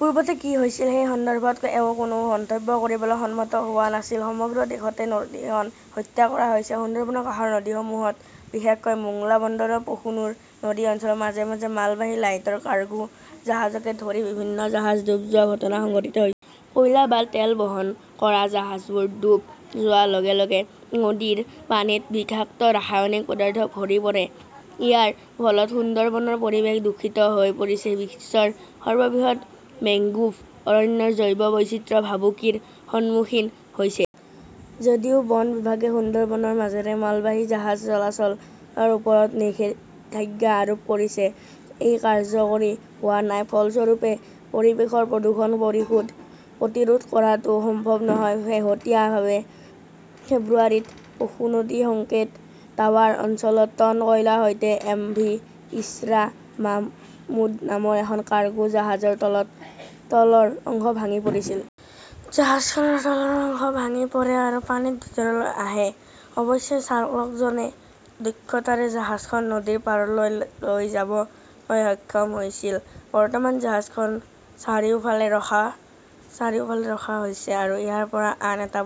পূৰ্বতে কি হৈছিল সেই সন্দৰ্ভত তেওঁ কোনো মন্তব্য কৰিবলৈ সন্মত হোৱা নাছিল। সমগ্ৰ দেশতে নদীখন হত্যা কৰা হৈছে। সুন্দৰবনৰ কাষৰ নদীসমূহত, বিশেষকৈ মোংলা বন্দৰৰ পশুনুৰ নদী অঞ্চলত, মাজে মাজে মালবাহী লাইটৰ কাৰ্গো জাহাজকে ধৰি বিভিন্ন জাহাজ ডুব যোৱাৰ ঘটনা সংঘটিত হৈছে। কয়লা বা তেল বহন কৰা জাহাজবোৰ ডুব যোৱাৰ লগে লগে নদীৰ পানীত বিষাক্ত ৰাসায়নিক পদাৰ্থ ভৰি পৰে। ইয়াৰ ফলত সুন্দৰবনৰ পৰিৱেশ দূষিত হৈ পৰিছে। বিশ্বৰ সৰ্ববৃহৎ মেংগ্ৰোভ অৰণ্যৰ জৈৱ বৈচিত্ৰ্য ভাবুকিৰ সন্মুখীন হৈছে। যদিও বন বিভাগে সুন্দৰবনৰ মাজেৰে মালবাহী জাহাজ চলাচলৰ ওপৰত নিষেধাজ্ঞা আৰোপ কৰিছে, ই কাৰ্যকৰী হোৱা নাই। ফলস্বৰূপে, পৰিৱেশৰ প্ৰদূষণ প্ৰতিৰোধ কৰাটো সম্ভৱ নহয়। শেহতীয়াভাৱে ফেব্ৰুৱাৰীত পশু নদীৰ সংকেত টাৱাৰ অঞ্চলত টন কয়লাৰ সৈতে 'এমভি ইছৰা মাহমুদ নামৰ এখন কাৰ্গো জাহাজৰ তলৰ অংশ ভাঙি পৰিছিল। জাহাজখনৰ তলৰ অংশ ভাঙি পৰে আৰু পানী ভিতৰলৈ আহে। অৱশ্যে চালকজনে দক্ষতাৰে জাহাজখন নদীৰ পাৰলৈ লৈ যাবলৈ সক্ষম হৈছিল। বৰ্তমান জাহাজখন চাৰিওফালে ৰখা হৈছে আৰু ইয়াৰ পৰা আন এটা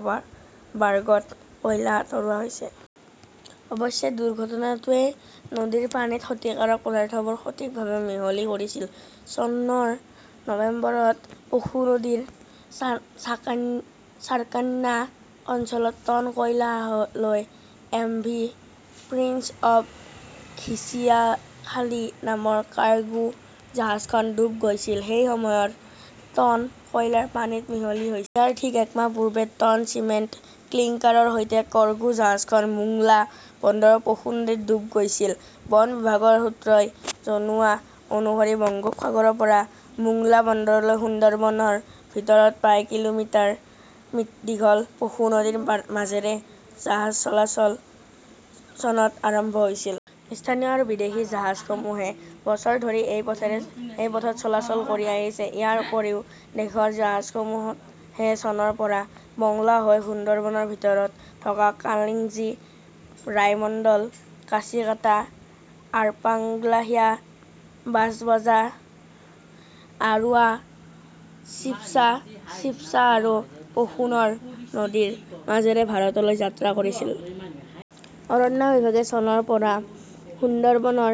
বাৰ্গত কয়লা আঁতৰোৱা হৈছে। অৱশ্যে, দুৰ্ঘটনাটোৱে নদীৰ পানীত ক্ষতিকাৰক পদাৰ্থবোৰ সঠিকভাৱে মিহলি কৰিছিল। চনৰ নৱেম্বৰত পশু নদীৰ চাৰ্কানা অঞ্চলত টন কয়লা লৈ এমভি প্ৰিন্স অৱ ঘিচিয়াখালী নামৰ কাৰ্গো জাহাজখন ডুব গৈছিল। সেই সময়ত টন কয়লা পানীত মিহলি হৈছিল। ইয়াৰ ঠিক এক মাহ পূৰ্বে টন চিমেণ্ট ক্লিংকাৰৰ সৈতে কৰ্গো জাহাজখন মোংলা বন্দৰৰ পশু নদীত ডুব গৈছিল। বন বিভাগৰ সূত্ৰই জনোৱা অনুসৰি বংগোপসাগৰৰ পৰা মোংলা বন্দৰলৈ সুন্দৰবনৰ ভিতৰত প্ৰায় কিলোমিটাৰ দীঘল পশু নদীৰ মাজেৰে জাহাজ চলাচল চনত আৰম্ভ হৈছিল। স্থানীয় আৰু বিদেশী জাহাজসমূহে বছৰ ধৰি এই পথত চলাচল কৰি আহিছে। ইয়াৰ উপৰিও, দেশৰ জাহাজসমূহে চনৰ পৰা মংগলা হৈ সুন্দৰবনৰ ভিতৰত থকা কালিঞ্চি, ৰায়মঙ্গল, কাছিকাটা, আৰপাংগাসিয়া, বাজবাজা, আৰুৱা শিৱছা, শিৱছা আৰু পশুনৰ নদীৰ মাজেৰে ভাৰতলৈ যাত্ৰা কৰিছিল। অৰণ্য বিভাগে চনৰ পৰা সুন্দৰবনৰ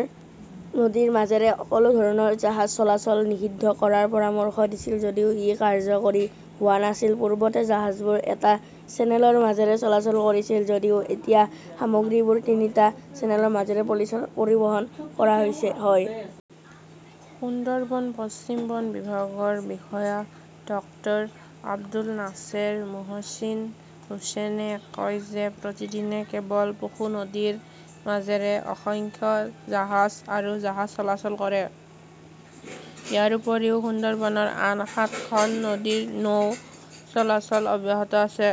নদীৰ মাজেৰে সকলো ধৰণৰ জাহাজ চলাচল নিষিদ্ধ কৰাৰ পৰামৰ্শ দিছিল যদিও ই কাৰ্যকৰী হোৱা নাছিল। পূৰ্বতে জাহাজবোৰ এটা চেনেলৰ মাজেৰে চলাচল কৰিছিল যদিও এতিয়া সামগ্ৰীবোৰ তিনিটা চেনেলৰ মাজেৰে পৰিবহণ কৰা হয়। সুন্দৰবন পশ্চিম বন বিভাগৰ বিষয়া ডাঃ আবু নাছেৰ মোহচিন হুচেইনে কয় যে প্ৰতিদিনে কেৱল পশু নদীৰ মাজেৰে অসংখ্য জাহাজ আৰু জাহাজ চলাচল কৰে। ইয়াৰ উপৰিও সুন্দৰবনৰ আন সাতখন নদীত নৌ চলাচল অব্যাহত আছে।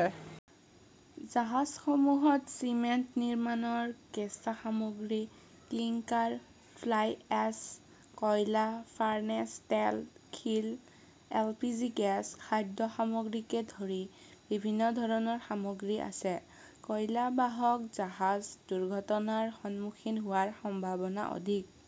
জাহাজসমূহত চিমেণ্ট নিৰ্মাণৰ কেঁচা সামগ্ৰী ক্লিংকাৰ, ফ্লাইএছ, কয়লা, ফাৰ্নেচ তেল, শিল, এল পি জি গেছ, খাদ্য সামগ্ৰীকে ধৰি বিভিন্ন ধৰণৰ সামগ্ৰী আছে। কয়লা বাহক জাহাজ দুৰ্ঘটনাৰ সন্মুখীন হোৱাৰ সম্ভাৱনা অধিক।